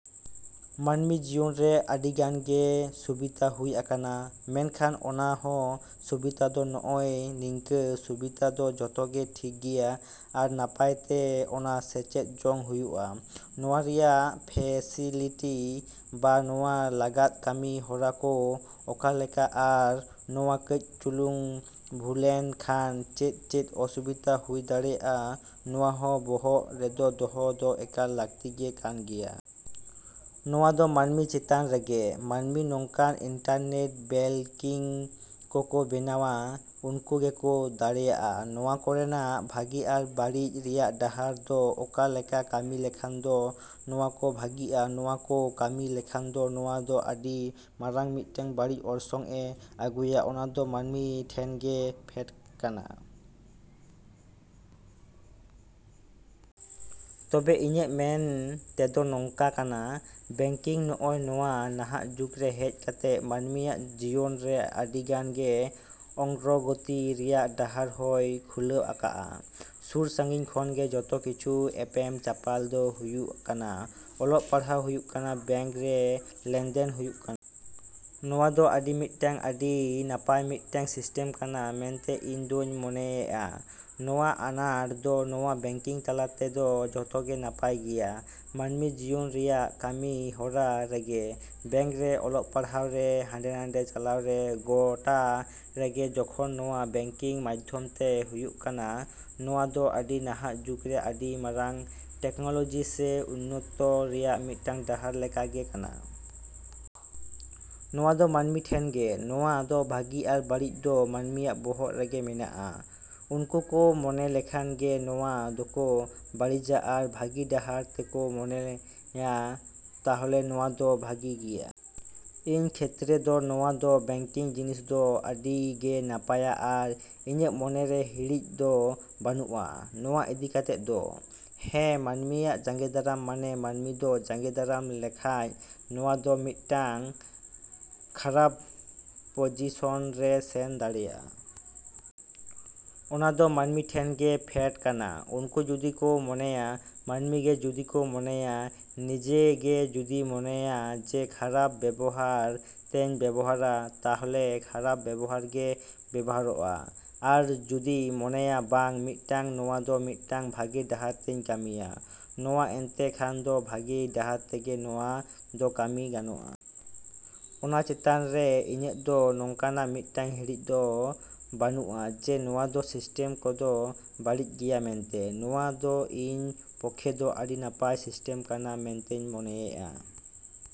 ᱢᱟᱹᱱᱢᱤ ᱡᱤᱭᱚᱱ ᱨᱮ ᱟᱹᱰᱤ ᱜᱟᱱ ᱜᱮ ᱥᱩᱵᱤᱫᱟ ᱦᱩᱭ ᱟᱠᱟᱱᱟ᱾ ᱢᱮᱱᱠᱷᱟᱱ ᱚᱱᱟ ᱦᱚᱸ ᱥᱩᱵᱤᱫᱟ ᱫᱚ ᱱᱚᱜᱼᱚᱭ ᱱᱤᱝᱠᱟᱹ ᱥᱩᱵᱤᱫᱟ ᱫᱚ ᱡᱚᱛᱚ ᱜᱮ ᱴᱷᱤᱠ ᱜᱮᱭᱟ, ᱟᱨ ᱱᱟᱯᱟᱭ ᱛᱮ ᱚᱱᱟ ᱥᱮᱪᱮᱫ ᱡᱚᱝ ᱦᱩᱭᱩᱜᱼᱟ᱾ ᱱᱚᱣᱟ ᱨᱮᱱᱟᱜ ᱯᱷᱮᱥᱮᱞᱤᱴᱤ ᱵᱟ ᱱᱚᱣᱟ ᱞᱟᱜᱟᱫ ᱠᱟᱹᱢᱤ ᱦᱚᱨᱟ ᱠᱚ ᱚᱠᱟ ᱞᱮᱠᱟ ᱟᱨ ᱱᱚᱣᱟ ᱠᱟᱹᱡ ᱪᱩᱞᱩᱝ ᱵᱷᱩᱞᱮᱱ ᱠᱷᱟᱱ ᱪᱮᱫᱼᱪᱮᱫ ᱚᱥᱩᱵᱤᱫᱟ ᱦᱩᱭ ᱫᱟᱲᱮᱭᱟᱜᱼᱟ, ᱱᱚᱣᱟ ᱦᱚᱸ ᱵᱚᱦᱚᱜ ᱨᱮᱫᱚ ᱫᱚᱦᱚ ᱫᱚ ᱮᱠᱟᱞ ᱞᱟᱹᱠᱛᱤ ᱜᱮ ᱠᱟᱱ ᱜᱮᱭᱟ᱾ ᱱᱚᱣᱟ ᱫᱚ ᱢᱟᱹᱱᱢᱤ ᱪᱮᱛᱟᱱ ᱨᱮᱜᱮ᱾ ᱢᱟᱹᱱᱢᱤ ᱱᱚᱝᱠᱟᱱ ᱤᱱᱴᱟᱨᱱᱮᱴ ᱵᱮᱝᱠᱤᱝ ᱠᱚ ᱠᱚ ᱵᱮᱱᱟᱣ ᱟᱠᱟᱜᱼᱟ, ᱩᱱᱠᱩ ᱜᱮᱠᱚ ᱫᱟᱲᱮᱭᱟᱜᱼᱟ ᱱᱚᱣᱟ ᱠᱚᱨᱮᱱᱟᱜ ᱵᱷᱟᱹᱜᱤ ᱟᱨ ᱵᱟᱹᱲᱤᱡ ᱨᱮᱱᱟᱜ ᱰᱟᱦᱟᱨ ᱫᱚ ᱚᱠᱟ ᱞᱮᱠᱟ ᱠᱟᱹᱢᱤ ᱞᱮᱠᱷᱟᱱ ᱫᱚ ᱱᱚᱣᱟ ᱫᱚ ᱵᱷᱟᱹᱜᱤᱜᱼᱟ, ᱱᱚᱣᱟ ᱫᱚ ᱠᱟᱹᱢᱤ ᱞᱮᱠᱷᱟᱱ ᱫᱚ ᱱᱚᱣᱟ ᱫᱚ ᱟᱹᱰᱤ ᱢᱟᱨᱟᱝ ᱢᱤᱫᱴᱟᱝ ᱵᱟᱹᱲᱤᱡ ᱚᱨᱥᱚᱝ ᱮ ᱟᱹᱜᱩᱭᱟ, ᱚᱱᱟ ᱫᱚ ᱢᱟᱹᱱᱢᱤ ᱴᱷᱮᱱ ᱜᱮ ᱯᱷᱮᱰ ᱠᱟᱱᱟ᱾ ᱛᱚᱵᱮ ᱤᱧᱟᱹᱜ ᱢᱮᱱ ᱛᱮᱫᱚ ᱱᱚᱝᱠᱟᱱ ᱠᱟᱱᱟ, ᱵᱮᱝᱠᱤᱝ ᱱᱚᱜᱼᱚᱭ ᱱᱚᱣᱟ ᱱᱟᱦᱟᱜ ᱡᱩᱜᱽ ᱨᱮ ᱦᱮᱡ ᱠᱟᱛᱮ ᱢᱟᱹᱱᱢᱤᱭᱟᱜ ᱡᱤᱭᱚᱱ ᱨᱮ ᱟᱹᱰᱤ ᱜᱟᱱ ᱜᱮ ᱚᱜᱨᱚᱜᱚᱛᱤ ᱨᱮᱭᱟᱜ ᱰᱟᱦᱟᱨ ᱦᱚᱸᱭ ᱠᱷᱩᱞᱟᱹᱣ ᱟᱠᱟᱜᱼᱟ᱾ ᱥᱩᱨᱼᱥᱟᱺᱜᱤᱧ ᱠᱷᱚᱱ ᱜᱮ ᱡᱚᱛᱚ ᱠᱤᱪᱷᱩ ᱮᱯᱮᱢ ᱪᱟᱯᱟᱞ ᱫᱚ ᱦᱩᱭᱩᱜ ᱠᱟᱱᱟ, ᱚᱞᱚᱜ ᱯᱟᱲᱦᱟᱣ ᱦᱩᱭᱩᱜ ᱠᱟᱱᱟ, ᱵᱮᱝᱠ ᱨᱮ ᱞᱮᱱ ᱫᱮᱱ ᱦᱩᱭᱩᱜ ᱠᱟᱱᱟ᱾ ᱱᱚᱣᱟ ᱫᱚ ᱟᱹᱰᱤ ᱢᱤᱫᱴᱟᱹᱝ ᱟᱹᱰᱤ ᱱᱟᱯᱟᱭ ᱢᱤᱫᱴᱟᱹᱝ ᱥᱤᱥᱴᱮᱢ ᱠᱟᱱᱟ ᱢᱮᱱᱛᱮ ᱤᱧ ᱫᱩᱧ ᱢᱚᱱᱮᱭᱮᱜᱼᱟ᱾ ᱱᱚᱣᱟ ᱟᱱᱟᱴ ᱫᱚ ᱱᱚᱣᱟ ᱵᱮᱝᱠᱤᱝ ᱛᱟᱞᱟ ᱛᱮᱫᱚ ᱡᱚᱛᱚ ᱜᱮ ᱱᱟᱯᱟᱭ ᱜᱮᱭᱟ᱾ ᱢᱟᱹᱱᱢᱤ ᱡᱤᱭᱚᱱ ᱨᱮᱭᱟᱜ ᱠᱟᱹᱢᱤ ᱦᱚᱨᱟ ᱨᱮᱜᱮ, ᱵᱮᱝᱠ ᱨᱮ, ᱚᱞᱚᱜ ᱯᱟᱲᱦᱟᱣ ᱨᱮ, ᱦᱟᱸᱰᱮ-ᱱᱟᱰᱮ ᱪᱟᱞᱟᱣ ᱨᱮ, ᱜᱚᱴᱟ ᱨᱮᱜᱮ ᱡᱚᱠᱷᱚᱱ ᱱᱚᱣᱟ ᱵᱮᱝᱠᱤᱝ ᱢᱟᱫᱷᱚᱢ ᱛᱮᱜᱮ ᱦᱩᱭᱩᱜ ᱠᱟᱱᱟ, ᱱᱚᱣᱟ ᱫᱚ ᱟᱹᱰᱤ ᱱᱟᱦᱟᱜ ᱡᱩᱜᱽ ᱨᱮ ᱟᱹᱰᱤ ᱢᱟᱨᱟᱝ ᱴᱮᱠᱱᱚᱞᱚᱡᱤ ᱥᱮ ᱩᱱᱱᱚᱛᱚ ᱨᱮᱱᱟᱜ ᱢᱤᱫᱴᱟᱝ ᱰᱟᱦᱟᱨ ᱞᱮᱠᱟ ᱜᱮ ᱠᱟᱱᱟ᱾ ᱱᱚᱣᱟ ᱫᱚ ᱢᱟᱹᱱᱢᱤ ᱴᱷᱮᱱ ᱜᱮ᱾ ᱱᱚᱣᱟ ᱫᱚ ᱵᱷᱟᱹᱜᱤ ᱟᱨ ᱵᱟᱹᱲᱤᱡ ᱫᱚ ᱢᱟᱹᱱᱢᱤᱭᱟᱜ ᱵᱚᱦᱚᱜ ᱨᱮᱜᱮ ᱢᱮᱱᱟᱜᱼᱟ᱾ ᱩᱱᱠᱩ ᱠᱚ ᱢᱚᱱᱮ ᱞᱮᱠᱷᱟᱱ ᱜᱮ ᱱᱚᱣᱟ ᱫᱚᱠᱚ ᱵᱟᱹᱲᱤᱡᱟ ᱟᱨ ᱵᱷᱟᱹᱜᱤ ᱰᱟᱦᱟᱨ ᱛᱮᱠᱚ ᱢᱚᱱᱮᱭᱟ ᱛᱟᱦᱚᱞᱮ ᱱᱚᱣᱟ ᱫᱚ ᱵᱷᱟᱹᱜᱤ ᱜᱮᱭᱟ᱾ ᱤᱧ ᱠᱷᱮᱛᱨᱮ ᱫᱚ ᱱᱚᱣᱟ ᱫᱚ ᱵᱮᱝᱠᱤᱝ ᱡᱤᱱᱤᱥ ᱫᱚ ᱟᱹᱰᱤ ᱜᱮ ᱱᱟᱯᱟᱭᱟ ᱟᱨ ᱤᱧᱟᱹᱜ ᱢᱚᱱᱮ ᱨᱮ ᱦᱤᱲᱤᱡ ᱫᱚ ᱵᱟᱹᱱᱩᱜᱼᱟ ᱱᱚᱣᱟ ᱤᱫᱤ ᱠᱟᱛᱮ ᱫᱚ᱾ ᱦᱮᱸ, ᱢᱟᱹᱱᱢᱤᱭᱟᱜ ᱡᱟᱸᱜᱮᱫᱟᱨᱟᱢ ᱢᱟᱱᱮ ᱢᱟᱹᱱᱢᱤ ᱠᱚ ᱡᱟᱸᱜᱮᱫᱟᱨᱟᱢ ᱞᱮᱠᱷᱟᱱ ᱱᱚᱣᱟ ᱫᱚ ᱢᱤᱫᱴᱟᱝ ᱠᱷᱟᱨᱟᱯ ᱯᱚᱡᱤᱥᱚᱱ ᱨᱮ ᱥᱮᱱ ᱫᱟᱲᱮᱭᱟᱜᱼᱟ᱾ ᱚᱱᱟ ᱫᱚ ᱢᱟᱹᱱᱢᱤ ᱴᱷᱮᱱ ᱜᱮ ᱯᱷᱮᱰ ᱠᱟᱱᱟ᱾ ᱩᱱᱠᱩ ᱡᱩᱫᱤ ᱠᱚ ᱢᱚᱱᱮᱭᱟ, ᱢᱟᱹᱱᱢᱤ ᱜᱮ ᱡᱩᱫᱤ ᱠᱚ ᱢᱚᱱᱮᱭᱟ, ᱱᱤᱡᱮ ᱜᱮ ᱡᱩᱫᱤᱧ ᱢᱚᱱᱮᱭᱟ ᱡᱮ ᱠᱷᱟᱨᱟᱯ ᱵᱮᱵᱚᱦᱟᱨ ᱛᱮᱧ ᱵᱮᱵᱚᱦᱟᱨᱟ, ᱛᱟᱦᱚᱞᱮ ᱠᱷᱟᱨᱟᱯ ᱵᱮᱵᱚᱦᱟᱨ ᱜᱮ ᱵᱮᱵᱚᱦᱟᱨᱚᱜᱼᱟ᱾ ᱟᱨ ᱡᱩᱫᱤ ᱢᱚᱱᱮᱭᱟ ᱵᱟᱝ ᱢᱤᱫᱴᱟᱹᱝ ᱱᱚᱣᱟ ᱫᱚ ᱢᱤᱫᱴᱟᱝ ᱵᱷᱟᱹᱜᱤ ᱰᱟᱦᱟᱨ ᱛᱮᱧ ᱠᱟᱹᱢᱤᱭᱟ, ᱱᱚᱣᱟ ᱮᱱᱛᱮ ᱠᱷᱟᱱ ᱫᱚ ᱵᱷᱟᱹᱜᱤ ᱰᱟᱦᱟᱨ ᱛᱮᱜᱮ ᱱᱚᱣᱟ ᱫᱚ ᱠᱟᱹᱢᱤ ᱜᱟᱱᱚᱜᱼᱟ᱾ ᱚᱱᱟ ᱪᱮᱛᱟᱱ ᱨᱮ ᱤᱧᱟᱹᱜ ᱫᱚ ᱱᱚᱝᱠᱟᱱᱟᱜ ᱢᱤᱫᱴᱟᱝ ᱦᱤᱲᱤᱡ ᱫᱚ ᱵᱟᱹᱱᱩᱜᱼᱟ ᱡᱮ ᱱᱚᱣᱟ ᱠᱚ ᱥᱤᱥᱴᱮᱢ ᱠᱚᱫᱚ ᱵᱟᱹᱲᱤᱡ ᱜᱮᱭᱟ ᱢᱮᱱᱛᱮ᱾ ᱱᱚᱣᱟ ᱫᱚ ᱤᱧ ᱯᱚᱠᱷᱮ ᱫᱚ ᱟᱹᱰᱤ ᱱᱟᱯᱟᱭ ᱥᱤᱥᱴᱮᱢ ᱠᱟᱱᱟ ᱢᱮᱱᱛᱤᱧ ᱢᱚᱱᱮᱭᱮᱜᱼᱟ।